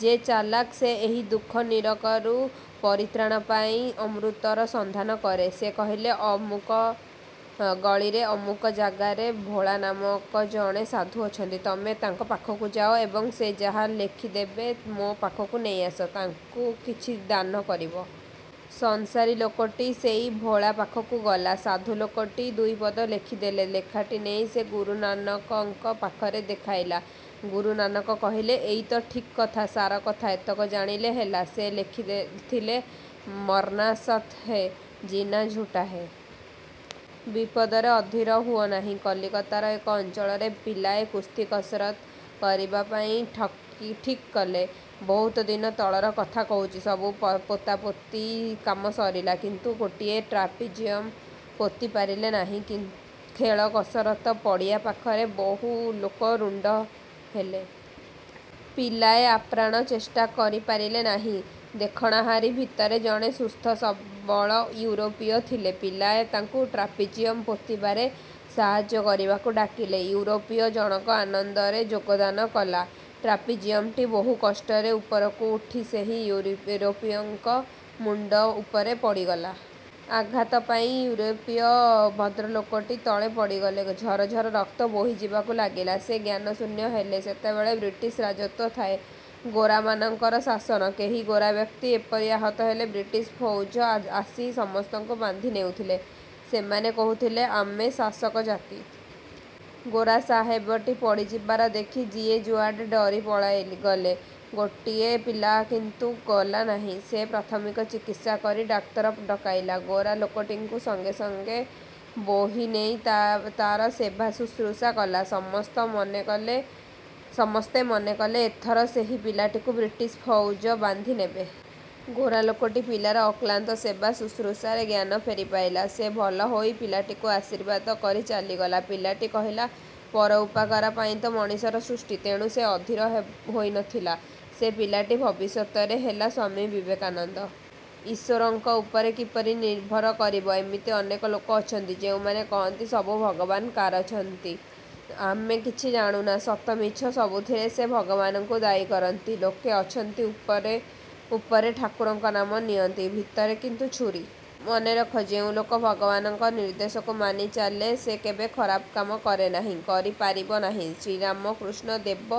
ଯେ ଚଲାକ୍, ସେ ଏହି ଦୁଃଖ-ନରକରୁ ପରିତ୍ରାଣ ପାଇଁ ଅମୃତର ସନ୍ଧାନ କରେ। '' ସେ କହିଲେ-ଅମୁକ ଗଳିରେ ଅମୁକ ଜାଗାରେ ଭୋଳା ନାମକ ଜଣେ ସାଧୁ ଅଛନ୍ତି; ତମେ ତାଙ୍କ ପାଖକୁ ଯାଅ ଏବଂ ସେ ଯାହା ଲେଖିଦେବେ ମୋ ପାଖକୁ ନେଇଆସ। ତାଙ୍କୁ କିଛି ଦାନ କରିବ। ସଂସାରୀ ଲୋକଟି ସେଇ ଭୋଳା ପାଖକୁ ଗଲା। ସାଧୁ ଲୋକଟି ଦୁଇପଦ ଲେଖିଦେଲେ। ଲେଖାଟି ନେଇ ସେ ଗୁରୁ ନାନକଙ୍କ ପାଖରେ ଦେଖାଇଲା। ଗୁରୁ ନାନକ କହିଲେ, ''ଏଇ ତ ଠିକ୍ କଥା-ସାର କଥା-ଏତକ ଜାଣିଲେ ହେଲା। '' ସେ ଲେଖିଥିଲେ ''ମର୍ନା ସତ୍ ହୈ, ଜୀଁନା ଝୁଟା ହୈ। '' ବିପଦରେ ଅଧୀର ହୁଅନାହିଁ କଲିକତାର ଏକ ଅଞ୍ଚଳରେ ପିଲାଏ କୁସ୍ତି କସରତ୍ କରିବା ପାଇଁ ଠିକ୍ କଲେ। ବହୁତ ଦିନ ତଳର କଥା କହୁଛି। ସବୁ ପୋତାପୋତି କାମ ସରିଲା। କିନ୍ତୁ ଗୋଟିଏ ଟ୍ରାପିଜିଅମ ପୋତି ପାରିଲେ ନାହିଁ। ଖେଳ କସରତ ପଡ଼ିଆ ପାଖରେ ବହୁ ଲୋକ ରୁଣ୍ତ ହେଲେ। ପିଲାଏ ଆପ୍ରାଣ ଚେଷ୍ଟା କରି ପାରିଲେ ନାହିଁ। ଦେଖଣାହାରୀ ଭିତରେ ଜଣେ ସୁସ୍ଥ ସବଳ ୟୁରୋପୀୟ ଥିଲେ। ପିଲାଏ ତାଙ୍କୁ ଟ୍ରାପିଜିୟମ ପୋତିବାରେ ସାହାଯ୍ୟ କରିବାକୁ ଡାକିଲେ। ୟୁରୋପୀୟ ଜଣକ ଆନନ୍ଦରେ ଯୋଗଦାନ କଲା। ଟ୍ରାପିଜିୟମଟି ବହୁ କଷ୍ଟରେ ଉପରକୁ ଉଠି ସେହି ୟୁରୋପୀୟଙ୍କ ମୁଣ୍ତ ଉପରେ ପଡ଼ିଗଲା। ଆଘାତ ପାଇ ୟୁରୋପୀୟ ଭଦ୍ରଲୋକଟି ତଳେ ପଡ଼ିଗଲେ। ଝର ଝର ରକ୍ତ ବୋହି ଯିବାକୁ ଲାଗିଲା। ସେ ଜ୍ଞାନଶୂନ୍ୟ ହେଲେ। ସେତେବେଳେ ବ୍ରିଟିଶ ରାଜତ୍ୱ ଥାଏ। ଗୋରାମାନଙ୍କର ଶାସନ। କେହି ଗୋରାବ୍ୟକ୍ତି ଏପରି ଆହତ ହେଲେ ବ୍ରିଟିଶ ଫଉଜ ଆସି ସମସ୍ତଙ୍କୁ ବାନ୍ଧି ନେଉଥିଲେ। ସେମାନେ କହୁଥିଲେ, ଆମେ ଶାସକ ଜାତି। ଗୋରା ସାହେବଟି ପଡ଼ିଯିବାର ଦେଖି ଯିଏ ଯୁଆଡ଼େ ଡରି ପଳାଇଗଲେ। ଗୋଟିଏ ପିଲା କିନ୍ତୁ ଗଲା ନାହିଁ। ସେ ପ୍ରାଥମିକ ଚିକିତ୍ସା କରି ଡାକ୍ତର ଡକାଇଲା। ଗୋରା ଲୋକଟିକୁ ସଙ୍ଗେ ସଙ୍ଗେ ବୋହି ନେଇ ତାର ସେବାଶୁଶ୍ରୂଷା କଲା। ସମସ୍ତେ ମନେକଲେ ଏଥର ସେହି ପିଲାଟିକୁ ବ୍ରିଟିଶ ଫଉଜ ବାନ୍ଧି ନେବେ। ଗୋରା ଲୋକଟି ପିଲାର ଅକ୍ଳାନ୍ତ ସେବା ଶୁଶ୍ରୂଷାରେ ଜ୍ଞାନ ଫେରି ପାଇଲା। ସେ ଭଲ ହୋଇ ପିଲାଟିକୁ ଆଶୀର୍ବାଦ କରି ଚାଲିଗଲା। ପିଲାଟି କହିଲା, 'ପର ଉପକାର ପାଇଁତ ମଣିଷର ସୃଷ୍ଟି। ' ତେଣୁ ସେ ଅଧୀର ହୋଇ ନଥିଲା। ସେ ପିଲାଟି ଭବିଷ୍ୟତରେ ହେଲା ସ୍ୱାମୀ ବିବେକାନନ୍ଦ। ଈଶ୍ୱରଙ୍କ ଉପରେ କିପରି ନିର୍ଭର କରିବ? ଏମିତି ଅନେକ ଲୋକ ଅଛନ୍ତି, ଯେଉଁମାନେ କହନ୍ତି-ସବୁ ଭଗବାନ କାରଛନ୍ତି, ଆମେ କିଛି ଜାଣୁନା। ସତ ମିଛ ସବୁଥିରେ ସେ ଭଗବାନଙ୍କୁ ଦାୟୀ କରନ୍ତି। ଲୋକେ ଅଛନ୍ତି, ଉପରେ ଉପରେ ଠାକୁରଙ୍କ ନାମ ନିଅନ୍ତି, ଭିତରେ କିନ୍ତୁ ଛୁରୀ। ମନେ ରଖ, ଯେଉଁ ଲୋକ ଭଗବାନଙ୍କ ନିର୍ଦ୍ଦେଶକୁ ମାନି ଚାଲେ, ସେ କେବେ ଖରାପ କାମ କରେ ନାହିଁ-କରି ପାରିବ ନାହିଁ-। ଶ୍ରୀରାମକୃଷ୍ଣ ଦେବ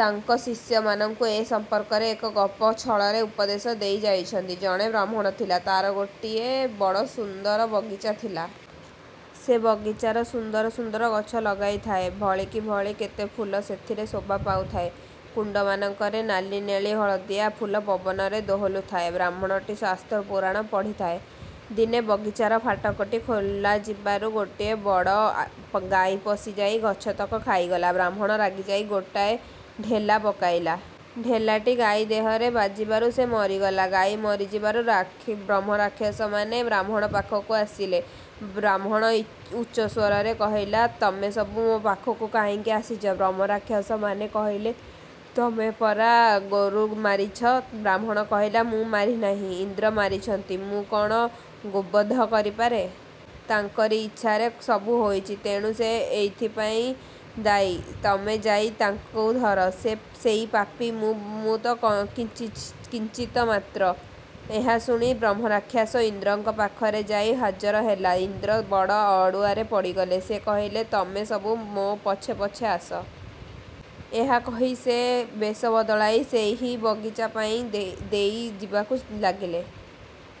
ତାଙ୍କ ଶିଷ୍ୟମାନଙ୍କୁ ଏ ସମ୍ପର୍କରେ ଏକ ଗପ ଛଳରେ ଉପଦେଶ ଦେଇ ଯାଇଛନ୍ତି। ଜଣେ ବ୍ରାହ୍ମଣ ଥିଲା। ତାର ଗୋଟିଏ ବଡ଼ ସୁନ୍ଦର ବଗିଚା ଥିଲା। ସେ ବଗିଚାର ସୁନ୍ଦର ସୁନ୍ଦର ଗଛ ଲଗାଇଥାଏ। ଭଳିକି ଭଳି କେତେ ଫୁଲ ସେଥିରେ ଶୋଭା ପାଉଥାଏ। କୁଣ୍ତମାନଙ୍କରେ ନାଲି-ନେଳି-ହଳଦିଆ ଫୁଲ ପବନରେ ଦୋହଲୁଥାଏ। ବ୍ରାହ୍ମଣଟି ଶାସ୍ତ୍ର-ପୁରାଣ ପଢ଼ିଥାଏ। ଦିନେ ବଗିଚାର ଫାଟକଟି ଖୋଲାଯିବାରୁ ଗୋଟିଏ ବଡ଼ ଗାଈ ପଶିଯାଇ ଗଛତକ ଖାଇଗଲା। ବ୍ରାହ୍ମଣ ରାଗିଯାଇ ଗୋଟାଏ ଢେଲା ପକାଇଲା। ଢେଲାଟି ଗାଈ ଦେହରେ ବାଜିବାରୁ ସେ ମରିଗଲା। ଗାଈ ମରିଯିବାରୁ ବ୍ରହ୍ମରାକ୍ଷସମାନେ ବ୍ରାହ୍ମଣ ପାଖକୁ ଆସିଲେ। ବ୍ରାହ୍ମଣ ଉଚ୍ଚସ୍ୱରରେ କହିଲା-'ତମେସବୁ ମୋ ପାଖକୁ କାହିଁକି ଆସିଛ? ' ବ୍ରହ୍ମରାକ୍ଷସମାନେ କହିଲେ-'ତମେ ପରା ଗୋରୁ ମାରିଛ। '। ବ୍ରାହ୍ମଣ କହିଲା, 'ମୁଁ ମାରିନାହିଁ, ଇନ୍ଦ୍ର ମାରିଛନ୍ତି। ମୁଁ କ'ଣ ଗୋବଧ କରିପାରେ? ତାଙ୍କରି ଇଚ୍ଛାରେ ସବୁ ହୋଇଛି; ତେଣୁ ସେ ଏଥିପାଇଁ ଦାୟୀ। ତମେ ଯାଇ ତାଙ୍କୁ ଧର। ସେଇ ପାପୀ; ମୁଁ ତ କିଞ୍ଚିତ ମାତ୍ର। ' ଏହା ଶୁଣି ବ୍ରହ୍ମରାକ୍ଷସ ଇନ୍ଦ୍ରଙ୍କ ପାଖରେ ଯାଇ ହାଜର ହେଲା। ଇନ୍ଦ୍ର ବଡ଼ ଅଡ଼ୁଆରେ ପଡ଼ିଲେ। ସେ କହିଲେ-''ତମେ ସବୁ ମୋ ପଛେ ପଛେ ଆସ। '' ଏହା କହି ସେ ବେଶ ବଦଳାଇ ସେହି ବଗିଚା ପାଖ ଦେଇ ଯିବାକୁ ଲାଗିଲେ।